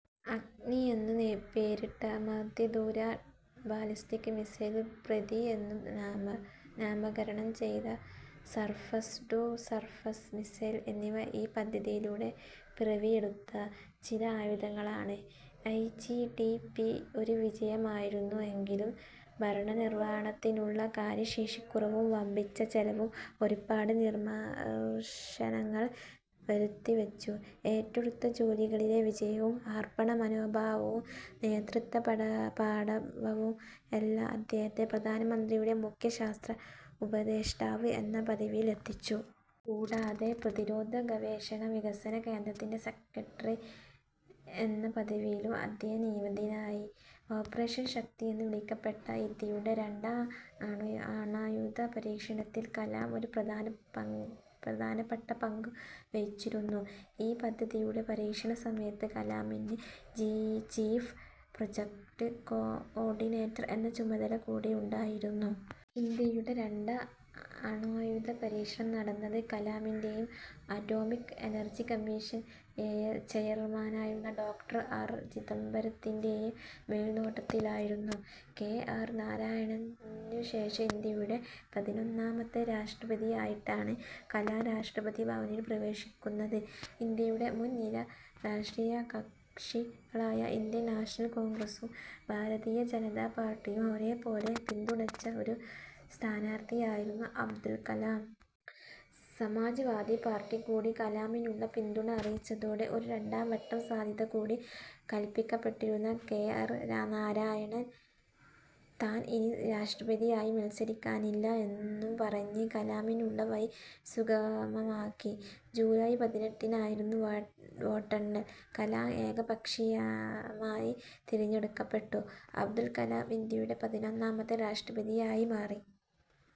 അഗ്നി എന്നു പേരിട്ട മധ്യദൂര ബാലിസ്റ്റിക് മിസൈൽ, പൃഥി എന്നു നാമകരണം ചെയ്ത സർഫസ്-ടു-സർഫസ് മിസൈൽ എന്നിവ ഈ പദ്ധതിയിലൂടെ പിറവിയെടുത്ത ചില ആയുധങ്ങളാണ്. ഐ. ജി. ഡി. പി ഒരു വിജയമായിരുന്നു എങ്കിലും, ഭരണനിർവ്വഹണത്തിലുള്ള കാര്യശേഷിക്കുറവും, വമ്പിച്ച ചെലവും ഒരുപാട് വിമർശനങ്ങൾ വരുത്തിവെച്ചു. ഏറ്റെടുത്ത ജോലികളിലെ വിജയവും അർപ്പണമനോഭാവവും നേതൃത്വപാടവവും എല്ലാം അദ്ദേഹത്തെ പ്രധാനമന്ത്രിയുടെ മുഖ്യ ശാസ്ത്ര ഉപദേഷ്ടാവ് എന്ന പദവിയിൽ എത്തിച്ചു. കൂടാതെ പ്രതിരോധ ഗവേഷണ വികസന കേന്ദ്രത്തിന്റെ സെക്രട്ടറി എന്ന പദവിയിലും അദ്ദേഹം നിയമിതനായി. ഓപ്പറേഷൻ ശക്തി എന്നു വിളിക്കപ്പെട്ട ഇന്ത്യയുടെ രണ്ടാം അണ്വായുധ പരീക്ഷണത്തിൽ കലാം ഒരു പ്രധാനപ്പെട്ട പങ്കു വഹിച്ചിരുന്നു. ഈ പദ്ധതിയുടെ പരീക്ഷണസമയത്ത് കലാമിന് ചീഫ് പ്രൊജക്ട് കോ-ഓർഡിനേറ്റർ എന്ന ചുമതല കൂടിയുണ്ടായിരുന്നു. ഇന്ത്യയുടെ രണ്ടാം അണ്വായുധ പരീക്ഷണം നടന്നത് കലാമിന്റേയും അറ്റോമിക് എനർജി കമ്മീഷൻ ചെയർമാനായിരുന്ന ഡോക്ടർ. ആർ. ചിദംബരത്തിന്റേയും മേൽനോട്ടത്തിലായിരുന്നു. കെ. ആർ. നാരായണനുശേഷം ഇന്ത്യയുടെ പതിനൊന്നാമത്തെ രാഷ്ട്രപതിയായിട്ടാണ് കലാം രാഷ്ട്രപതി ഭവനിൽ പ്രവേശിക്കുന്നത്. ഇന്ത്യയുടെ മുൻനിര രാഷ്ട്രീയകക്ഷികളായ ഇന്ത്യൻ നാഷണൽ കോൺഗ്രസ്സും ഭാരതീയ ജനതാ പാർട്ടിയും ഒരേ പോലെ പിന്തുണച്ച ഒരു സ്ഥാനാർത്ഥിയായിരുന്നു അബ്ദുൾ കലാം. സമാജ് വാദി പാർട്ടി കൂടി കലാമിനുള്ള പിന്തുണ അറിയിച്ചതോടെ ഒരു രണ്ടാംവട്ടം സാധ്യത കൂടി കല്പിക്കപ്പെട്ടിരുന്ന കെ. ആർ. നാരായണൻ താൻ ഇനി രാഷ്ട്രപതിയായി മത്സരിക്കാനില്ല എന്നു പറഞ്ഞ് കലാമിനുള്ള വഴി സുഗമമാക്കി. ജൂലൈ പതിനെട്ടിനായിരുന്നു വോട്ടെണ്ണൽ. കലാം ഏകപക്ഷീയമായി തിരഞ്ഞെടുക്കപ്പെട്ടു. അബ്ദുൾ കലാം ഇന്ത്യയുടെ പതിനൊന്നാമത്തെ രാഷ്ട്രപതിയായി മാറി.